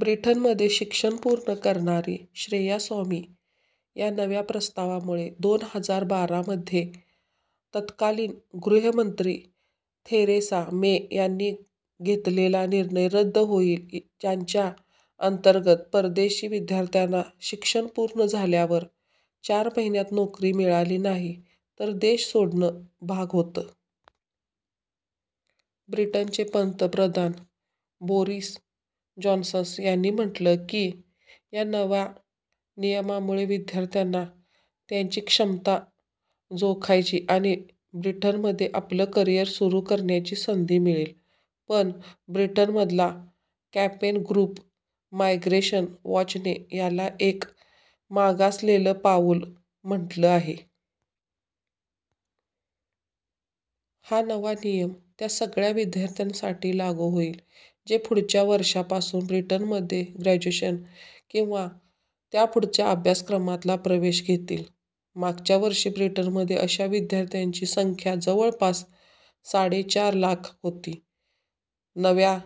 ब्रिटनमध्ये शिक्षण पूर्ण करणारी श्रेया स्वामी या नव्या प्रस्तावामुळे दोन हजार बारा मध्ये तत्कालीन गृहमंत्री थेरेसा मे यांनी घेतलेला निर्णय रद्द होईल ज्याच्या अंतर्गत परदेशी विद्यार्थ्यांना शिक्षण पूर्ण झाल्यावर चार महिन्यात नोकरी मिळाली नाही तर देश सोडणं भाग होतं. ब्रिटनचे पंतप्रधान बोरिस जॉन्सन यांनी म्हटलं की या नव्या नियमामुळे विद्यार्थ्यांना त्यांची क्षमता जोखायची आणि ब्रिटनमध्ये आपलं करिअर सुरू करायची संधी मिळेल. पण ब्रिटनमधला कँपेन ग्रुप 'मायग्रेशन वॉच'ने याला एक 'मागासलेलं पाऊल' म्हटलं आहे. हा नवा नियम त्या सगळ्या विद्यार्थ्यांसाठी लागू होईल जे पुढच्या वर्षापासून ब्रिटनमध्ये ग्रॅज्युएशन किंवा त्यापुढच्या अभ्यासक्रमाला प्रवेश घेतील. मागच्या वर्षी ब्रिटनमध्ये अशा विद्यार्थ्यांची संख्या जवळपास साडेचार लाख होती. नव्या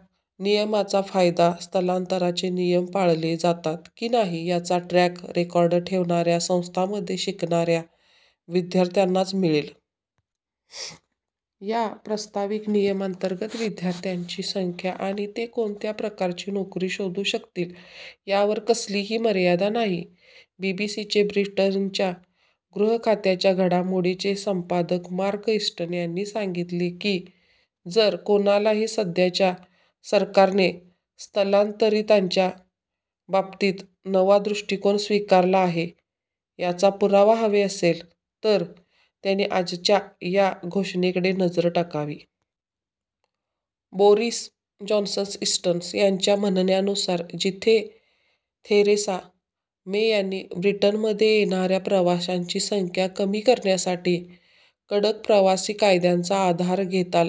नियमांचा फायदा स्थलांतराचे नियम पाळले जातात की नाही याचा ट्रॅक रेकॉर्ड ठेवणाऱ्या संस्थांमध्ये शिकणाऱ्या विद्यार्थ्यांनाच मिळेल. या प्रस्तावित नियमांतर्गत विद्यार्थ्यांची संख्या आणि ते कोणत्या प्रकारची नोकरी शोधू शकतील यावर कसलीही मर्यादा नाही. बीबीसीचे ब्रिटनच्या गृहखात्यांच्या घडामोडींचे संपादक मार्क इस्टन यांनी सांगितलं की जर कोणालाही सध्याच्या सरकारने स्थलांतरितांच्या बाबतीत नवा दृष्टीकोन स्वीकारला आहे याचा पुरावा हवा असेल तर त्यांनी आजच्या या घोषणेकडे नजर टाकावी. बोरिस जॉन्सन ईस्टन यांच्या म्हणण्यानुसार जिथे थेरेसा मे यांनी ब्रिटनमध्ये येणाऱ्या प्रवाशांची संख्या कमी करण्यासाठी कडक प्रवासी कायद्यांचा आधार घेताल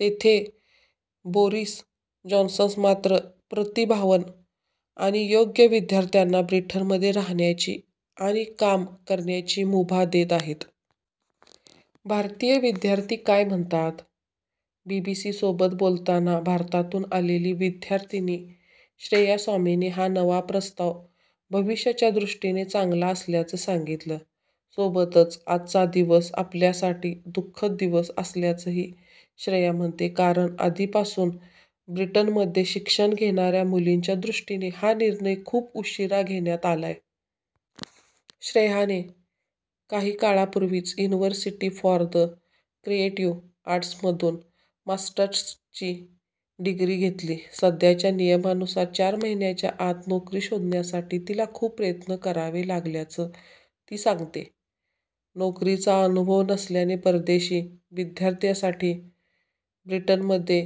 तिथे बोरिस जॉन्सन मात्र प्रतिभावान आणि योग्य विद्यार्थ्यांना ब्रिटनमध्ये राहाण्याची आणि काम करण्याची मुभा देत आहेत. भारतीय विद्यार्थी काय म्हणतात? बीबीसीसोबत बोलताना भारतातून आलेली विद्यार्थिनी श्रेया स्वामीने हा नवा प्रस्ताव भविष्याच्या दृष्टीने चांगला असल्याचं सांगितलं. सोबतच आजचा दिवस आपल्यासाठी 'दुखःद दिवस' असल्याचंही श्रेया म्हणते कारण आधीपासून ब्रिटनमध्ये शिक्षण घेणाऱ्या मुलांच्या दृष्टीने हा निर्णय खूप उशीरा घेण्यात आलाय. श्रेयाने काही काळापूर्वीच 'युनिव्हर्सिटी फॉर द क्रिएटिव्ह आर्ट्स'मधून मार्स्टर्सची डिग्री घेतली. सध्याच्या नियमांनुसार चार महिन्यांच्या आत नोकरी शोधण्यासाठी तिला खूप प्रयत्न करावे लागल्याचं ती सांगते. नोकरीचा अनुभव नसल्याने परदेशी विद्यार्थ्यांसाठी ब्रिटनमध्ये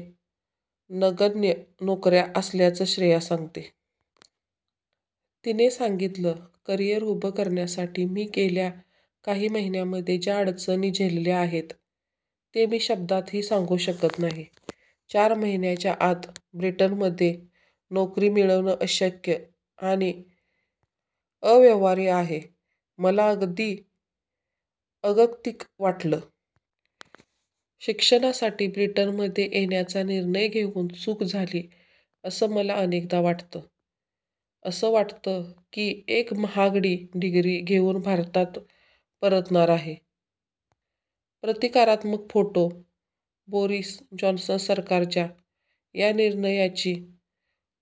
नगण्य नोकऱ्या असल्याचं श्रेया सांगते. तिने सांगितलं करियर उभं करण्यासाठी मी गेल्या काही महिन्यांमध्ये ज्या अडचणी झेलल्या आहेत ते मी शब्दांतही सांगू शकत नाही. चार महिन्यांच्या आत ब्रिटनमध्ये नोकरी मिळवणं अशक्य आणि अव्यवहार्य आहे. मला अगदी अगतिक वाटलं. शिक्षणासाठी ब्रिटनमध्ये येण्याचा निर्णय घेऊन चूक झाली असं मला अनेकदा वाटतं. असं वाटतं की एक महागडी डिग्री घेऊन भारतात परतणार आहे. प्रतीकात्मक फोटो बोरिस जॉन्सन सरकारच्या या निर्णयाची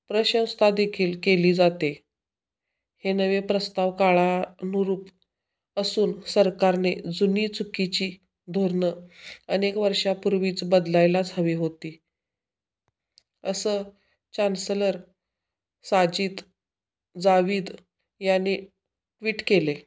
प्रशंसादेखील केली जातेय. हे नवे प्रस्ताव काळानुरूप असून सरकाने जुनी चुकीची धोरणं अनेक वर्षांपूर्वीच बदलायलाच हवी होती, असं चॅन्सलर साजिद जाविद यांनी ट्विट केलंय.